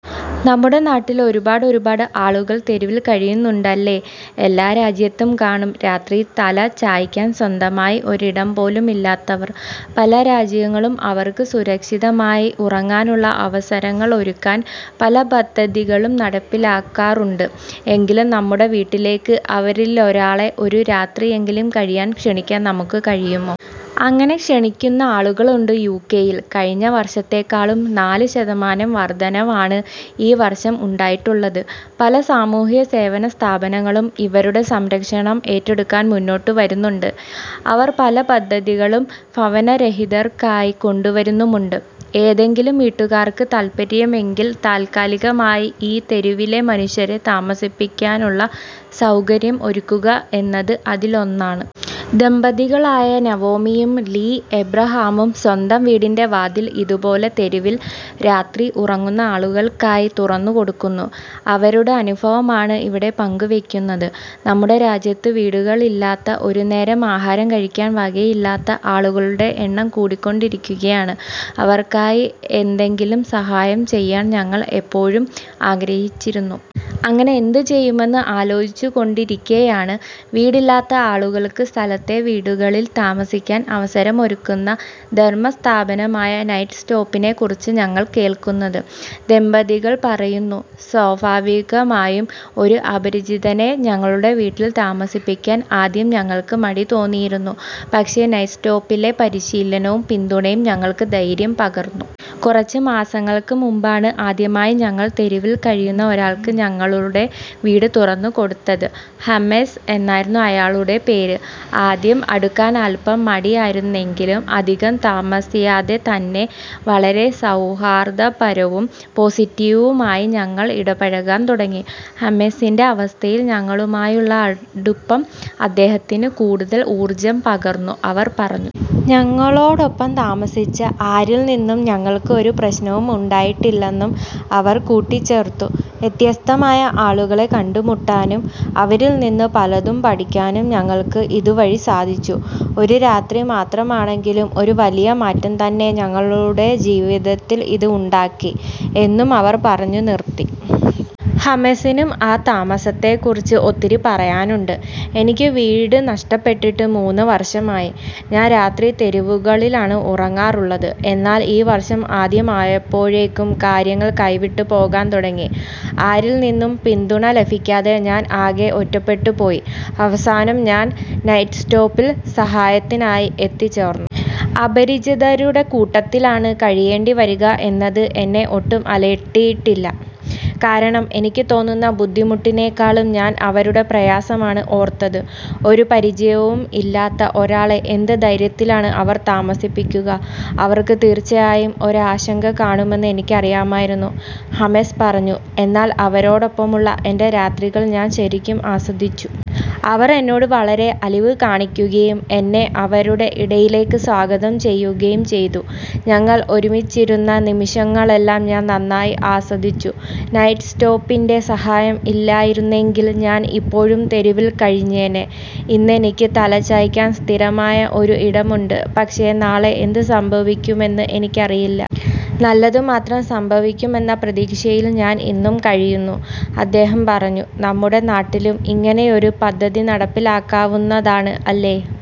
നമ്മുടെ നാട്ടില്‍ ഒരുപാടൊരുപാട് ആളുകള്‍ തെരുവില്‍ കഴിയുന്നുണ്ട് അല്ലേ? എല്ലാ രാജ്യത്തും കാണും രാത്രി തല ചായ്ക്കാന്‍ സ്വന്തമായി ഒരിടം പോലുമില്ലാത്തവർ. പല രാജ്യങ്ങളും അവര്‍ക്ക് സുരക്ഷിതമായി ഉറങ്ങാനുള്ള അവസരങ്ങളൊരുക്കാൻ പല പദ്ധതികളും നടപ്പിലാക്കാറുണ്ട്. എങ്കിലും, നമ്മുടെ വീട്ടിലേക്ക് അവരിലൊരാളെ ഒരു രാത്രിയെങ്കിലും കഴിയാന്‍ ക്ഷണിക്കാന്‍ നമുക്ക് കഴിയുമോ? അങ്ങനെ ക്ഷണിക്കുന്ന ആളുകളുണ്ട് യു.കെയില്‍. കഴിഞ്ഞ വർഷത്തെക്കാളും നാല് ശതമാനം വർദ്ധനവാണ് ഈ വർഷം ഉണ്ടായിട്ടുള്ളത്. പല സാമൂഹ്യ സേവന സ്ഥാപനങ്ങളും ഇവരുടെ സംരക്ഷണം ഏറ്റെടുക്കാൻ മുന്നോട്ടു വരുന്നുണ്ട്. അവർ പല പദ്ധതികളും ഭവനരഹിതർക്കായി കൊണ്ടുവരുന്നുമുണ്ട്. ഏതെങ്കിലും വീട്ടുകാർക്ക് താല്പര്യമെങ്കിൽ താൽക്കാലികമായി ഈ തെരുവിലെ മനുഷ്യരെ താമസിപ്പിക്കാനുള്ള സൗകര്യം ഒരുക്കുക എന്നത് അതിലൊന്നാണ്. ദമ്പതികളായ നവോമിയും, ലീ എബ്രഹാമും സ്വന്തം വീടിൻ്റെ വാതിൽ ഇതുപോലെ തെരുവിൽ രാത്രി ഉറങ്ങുന്ന ആളുകൾക്കായി തുറന്നു കൊടുക്കുന്നു. അവരുടെ അനുഭവമാണ് ഇവിടെ പങ്കുവെയ്ക്കുന്നത്. " നമ്മുടെ രാജ്യത്ത് വീടുകളിലാത്ത, ഒരുനേരം ആഹാരം കഴിക്കാൻ വകയില്ലാത്ത ആളുകളുടെ എണ്ണം കൂടിക്കൊണ്ടിരിക്കുകയാണ്. അവർക്കായി എന്തെങ്കിലും സഹായം ചെയ്യാൻ ഞങ്ങൾ എപ്പോഴും ആഗ്രഹിച്ചിരുന്നു. അങ്ങനെ എന്ത് ചെയ്യുമെന്ന് ആലോചിച്ചു കൊണ്ടിരിക്കേയാണ്, വീടില്ലാത്ത ആളുകള്‍ക്ക് സ്ഥലത്തെ വീടുകളിൽ താമസിക്കാൻ അവസരമൊരുക്കുന്ന ധർമ്മ സ്ഥാപനമായ നൈറ്റ്സ്റ്റോപ്പിനെ കുറിച്ച് ഞങ്ങൾ കേൾക്കുന്നത് " ദമ്പതികൾ പറയുന്നു. " സ്വാഭാവികമായും, ഒരു അപരിചിതനെ ഞങ്ങളുടെ വീട്ടിൽ താമസിപ്പിക്കാൻ ആദ്യം ഞങ്ങൾക്ക് മടിതോന്നിയിരുന്നു. പക്ഷേ, നൈറ്റ്സ്റ്റോപ്പിലെ പരിശീലനവും പിന്തുണയും ഞങ്ങൾക്ക് ധൈര്യം പകർന്നു. കുറച്ച് മാസങ്ങൾക്ക് മുമ്പാണ് ആദ്യമായി ഞങ്ങൾ തെരുവിൽ കഴിയുന്ന ഒരാൾക്ക് ഞങ്ങളുടെ വീട് തുറന്നു കൊടുത്തത്. ഹമെസ് എന്നായിരുന്നു ആയാളുടെ പേര്. ആദ്യം അടുക്കാൻ അല്പം മടിയായിരുന്നെങ്കിലും, അധികം താമസിയാതെത്തന്നെ വളരെ സൗഹാർദ്ദപരവും പോസിറ്റീവുമായി ഞങ്ങൾ ഇടപഴകാൻ തുടങ്ങി. ഹമെസിൻ്റെ അവസ്ഥയിൽ ഞങ്ങളുമായുള്ള അടുപ്പം അദ്ദേഹത്തിന് കൂടുതൽ ഊർജ്ജം പകർന്നു " അവർ പറഞ്ഞു. ഞങ്ങളോടൊപ്പം താമസിച്ച ആരിൽനിന്നും ഞങ്ങൾക്ക് ഒരു പ്രശ്നവും ഉണ്ടായിട്ടില്ലെന്നും അവർ കൂട്ടിച്ചേർത്തു. " വ്യത്യസ്തമായ ആളുകളെ കണ്ടുമുട്ടാനും, അവരിൽനിന്ന് പലതും പഠിക്കാനും ഞങ്ങൾക്ക് ഇതുവഴി സാധിച്ചു. ഒരു രാത്രി മാത്രമാണെങ്കിലും, ഒരു വലിയ മാറ്റംതന്നെ ഞങ്ങളുടെ ജീവിത്തിൽ ഇത് ഉണ്ടാക്കി '' എന്നും അവർ പറഞ്ഞുനിർത്തി. ഹമെസിനും ആ താമസത്തെ കുറിച്ച് ഒത്തിരി പറയാനുണ്ട്. " എനിക്ക് വീട് നഷ്ടപ്പെട്ടിട്ട് മൂന്ന് വർഷമായി. ഞാൻ രാത്രി തെരുവുകളിലാണ് ഉറങ്ങാറുള്ളത്. എന്നാൽ, ഈ വർഷം ആദ്യമായപ്പോഴേക്കും കാര്യങ്ങൾ കൈവിട്ട് പോകാൻ തുടങ്ങി. ആരിൽനിന്നും പിന്തുണ ലഭിക്കാതെ ഞാൻ ആകെ ഒറ്റപ്പെട്ടു പോയി. അവസാനം ഞാൻ നൈറ്റ്സ്റ്റോപ്പിൽ സഹായത്തിനായി എത്തിച്ചേർന്നു. അപരിചിതരുടെ കൂട്ടത്തിലാണ് കഴിയേണ്ടിവരിക എന്നത് എന്നെ ഒട്ടും അലട്ടിയിട്ടില്ല. കാരണം എനിക്ക് തോന്നുന്ന ബുദ്ധിമുട്ടിനേക്കാളും ഞാൻ അവരുടെ പ്രയാസമാണ് ഓർത്തത്. ഒരുപരിചയവും ഇല്ലാത്ത ഒരാളെ എന്ത് ധൈര്യത്തിലാണ് അവർ താമസിപ്പിക്കുക? അവർക്ക് തീർച്ചയായും ഒരാശങ്ക കാണുമെന്ന് എനിക്കറിയാമായിരുന്നു " ഹമെസ് പറഞ്ഞു. " എന്നാൽ, അവരോടൊപ്പമുള്ള എൻ്റെ രാത്രികൾ ഞാൻ ശരിക്കും ആസ്വദിച്ചു. അവർ എന്നോട് വളരെ അലിവ് കാണിക്കുകയും, എന്നെ അവരുടെ ഇടയിലേക്ക് സ്വാഗതം ചെയ്യുകയും ചെയ്തു. ഞങ്ങൾ ഒരുമിച്ചിരുന്ന നിമിഷങ്ങളെല്ലാം ഞാൻ നന്നായി ആസ്വദിച്ചു. നൈറ്റ്സ്റ്റോപ്പിൻ്റെ സഹായം ഇല്ലായിരുന്നെങ്കിൽ ഞാൻ ഇപ്പോഴും തെരുവിൽ കഴിഞ്ഞേന്നെ. ഇന്ന് എനിക്ക് തലചായ്ക്കാൻ സ്ഥിരമായ ഒരു ഇടമുണ്ട്. പക്ഷേ, നാളെ എന്തുസംഭവിക്കുമെന്ന് എനിക്കറിയില്ല. നല്ലതുമാത്രം സംഭവിക്കുമെന്ന പ്രതീക്ഷയിൽ ഞാൻ ഇന്നും കഴിയുന്നു " അദ്ദേഹം പറഞ്ഞു. നമ്മുടെ നാട്ടിലും ഇങ്ങനെയൊരു പദ്ധതി നടപ്പിലാക്കാവുന്നതാണ് അല്ലേ.